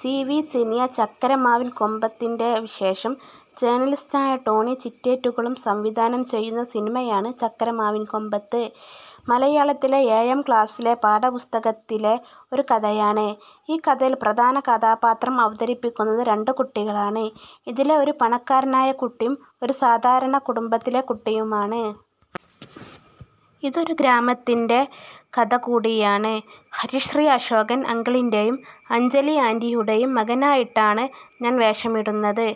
C. V Siniya ചക്കരമാവിൻ കൊമ്പത്തിൻറെ വിശേഷം ജേണലിസ്റ്റായ ടോണി ചിറ്റേറ്റുകളം സംവിധാനം ചെയ്യുന്ന സിനിമയാണ് ചക്കരമാവിൻ കൊമ്പത്ത്. മലയാളത്തിലെ ഏഴാം ക്ലാസിലെ പാഠപുസ്തകത്തിലെ ഒരു കഥയാണ്. ഈ കഥയിൽ പ്രധാന കഥാപാത്രം അവതരിപ്പിക്കുന്നത് രണ്ട് കുട്ടികളാണ്. ഇതിലെ ഒരു പണക്കാരനായ കുട്ടിയും ഒരു സാധാരണ കുടുംബത്തിലെ കുട്ടിയുമാണ്. ഇതൊരു ഗ്രാമത്തിൻറെ കഥകൂടിയാണ്. ഹരിശ്രീ അശോകൻ അങ്കിളിന്റെയും അഞ്ജലി ആന്റിയുടെയും മകനായിട്ടാണ് ഞാൻ വേഷമിടുന്നത്.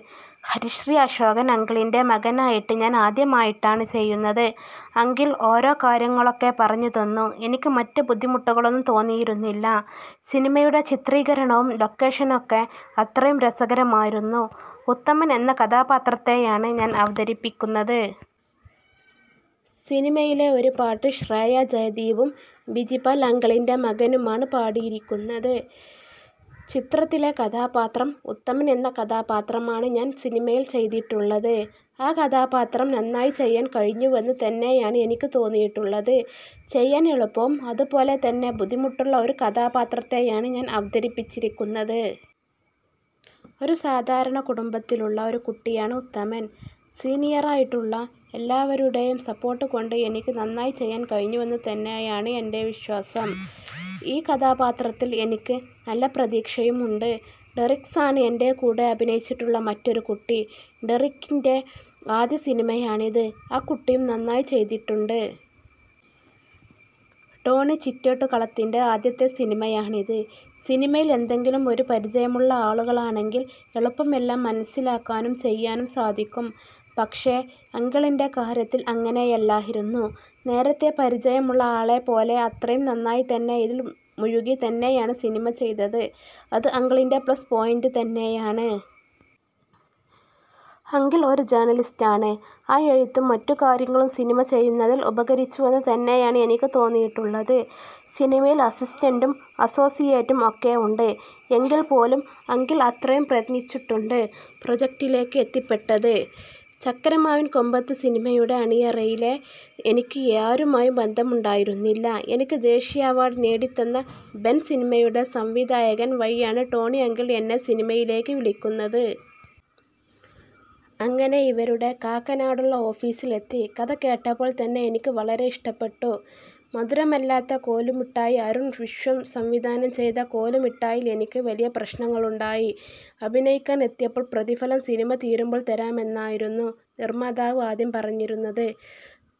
ഹരിശ്രീ അശോകൻ അങ്കിളിൻറെ മകനായിട്ട് ഞാൻ ആദ്യമായിട്ടാണ് ചെയ്യുന്നത്. അങ്കിൾ ഓരോ കാര്യങ്ങളൊക്കെ പറഞ്ഞു തന്നു. എനിക്ക് മറ്റ് ബുദ്ധിമുട്ടുകളൊന്നും തോന്നിയിരുന്നില്ല. സിനിമയുടെ ചിത്രീകരണവും ലൊക്കേഷനൊക്കെ അത്രയും രസകരമായിരുന്നു. ഉത്തമൻ എന്ന കഥാപാത്രത്തെയാണ് ഞാൻ അവതരിപ്പിക്കുന്നത്. സിനിമയിലെ ഒരു പാട്ട് ശ്രേയ ജയദീപും ബിജിപാൽ അങ്കിളിൻറെ മകനുമാണ് പാടിയിരിക്കുന്നത്. ചിത്രത്തിലെ കഥാപാത്രം ഉത്തമൻ എന്ന കഥാപാത്രമാണ് ഞാൻ സിനിമയിൽ ചെയ്തിട്ടുള്ളത്. ആ കഥാപാത്രം നന്നായി ചെയ്യാൻ കഴിഞ്ഞുവെന്ന് തന്നെയാണ് എനിക്ക് തോന്നിയിട്ടുള്ളത്. ചെയ്യാൻ എളുപ്പവും അതുപോലെ തന്നെ ബുദ്ധിമുട്ടുള്ള ഒരു കഥാപാത്രത്തെയാണ് ഞാൻ അവതരിപ്പിച്ചിരിക്കുന്നത്. ഒരു സാധാരണകുടുംബത്തിലുള്ള ഒരു കുട്ടിയാണ് ഉത്തമൻ. സിനീയറായിട്ടുള്ള എല്ലാവരുടെയും സപ്പോർട്ടുകൊണ്ട് എനിക്ക് നന്നായി ചെയ്യാൻ കഴിഞ്ഞുവെന്നു തന്നെയാണ് എൻറെ വിശ്വാസം. ഈ കഥാപാത്രത്തിൽ എനിക്ക് നല്ല പ്രതീക്ഷയും ഉണ്ട്. ഡെറിക്സാണ് എൻറെ കൂടെ അഭിനയിച്ചിട്ടുള്ള മറ്റൊരു കുട്ടി. ഡെറിക്കിൻറെ ആദ്യ സിനിമയാണിത്. ആ കുട്ടിയും നന്നായി ചെയ്തിട്ടുണ്ട്. ടോണി ചിറ്റേട്ടുകളത്തിൻറെ ആദ്യത്തെ സിനിമയാണിത്. സിനിമയിൽ എന്തെങ്കിലും ഒരു പരിചയമുള്ള ആളുകൾക്കാണെങ്കിൽ എളുപ്പം എല്ലാം മനസ്സിലാക്കാനും ചെയ്യാനും സാധിക്കും. പക്ഷേ അങ്കിളിൻറെ കാര്യത്തിൽ അങ്ങനെയല്ലായിരുന്നു. നേരത്തെ പരിചയമുള്ള ആളെ പോലെ അത്രയും നന്നായി തന്നെ ഇതിൽ മുഴുകി തന്നെയാണ് സിനിമ ചെയ്തത്. അത് അങ്കിളിൻറെ പ്ലസ് പോയിൻറെ തന്നെയാണ്. അങ്കിൾ ഒരു ജേർണലിസ്റ്റാണ്. ആ എഴുത്തും മറ്റുകാര്യങ്ങളും സിനിമ ചെയ്യുന്നതിൽ ഉപകരിച്ചുവെന്ന് തന്നെയാണ് എനിക്ക് തോന്നിയിട്ടുള്ളത്. സിനിമയിൽ അസിസ്റ്റന്റും അസോസിയേറ്റും ഒക്കെ ഉണ്ട്. എങ്കിൽ പോലും അങ്കിൾ അത്രയും പ്രയത്നിച്ചിട്ടുണ്ട്. പ്രൊജക്ടിലേക്ക് എത്തിപ്പെട്ടത് ചക്കരമാവിൻ കൊമ്പത്ത് സിനിമയുടെ അണിയറയിലെ എനിക്ക് ആരുമായും ബന്ധമുണ്ടായിരുന്നില്ല. എനിക്ക് ദേശീയ അവാർഡ് നേടി തന്നെ ബെൻ സിനിമയുടെ സംവിധായകൻ വഴിയാണ് ടോണി അങ്കിൾ എന്നെ സിനിമയിലേക്ക് വിളിക്കുന്നത്. അങ്ങനെ ഇവരുടെ കാക്കനാടുള്ള ഓഫീസിൽ എത്തി. കഥ കേട്ടപ്പോൾ തന്നെ എനിക്ക് വളരെ ഇഷ്ടപ്പെട്ടു. മധുരമല്ലാത്ത കോലുമിഠായി അരുൺ വിശ്വം സംവിധാനം ചെയ്ത കോലുമിഠായിൽ എനിക്ക് വലിയ പ്രശ്നങ്ങളുണ്ടായി. അഭിനയിക്കാൻ എത്തിയപ്പോൾ പ്രതിഫലം സിനിമ തീരുമ്പോൾ തരാമെന്നായിരുന്നു നിർമാതാവ് ആദ്യം പറഞ്ഞിരുന്നത്.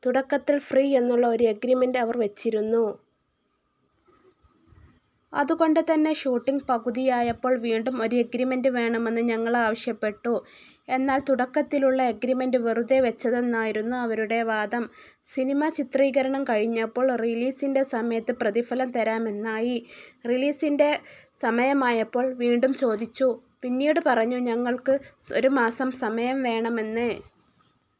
തുടക്കത്തിൽ ഫ്രീ എന്നുള്ള ഒരു എഗ്രിമെൻറ് അവർ വച്ചിരുന്നു. അതുകൊണ്ട് തന്നെ ഷൂട്ടിംഗ് പകുതിയായപ്പോൾ വീണ്ടും ഒരു എഗ്രിമെൻറ് വേണമെന്ന് ഞങ്ങൾ ആവശ്യപ്പെട്ടു. എന്നാൽ തുടക്കത്തിലുള്ള എഗ്രിമെൻറ് വെറുതെ വച്ചതെന്നായിരുന്നു അവരുടെ വാദം. സിനിമ ചിത്രീകരണം കഴിഞ്ഞപ്പോൾ റിലീസിൻറെ സമയത്ത് പ്രതിഫലം തരാമെന്നായി. റിലീസിൻറെ സമയമായപ്പോൾ വീണ്ടും ചോദിച്ചു. പിന്നീട് പറഞ്ഞു ഞങ്ങൾക്ക് ഒരുമാസം സമയം വേണമെന്ന്.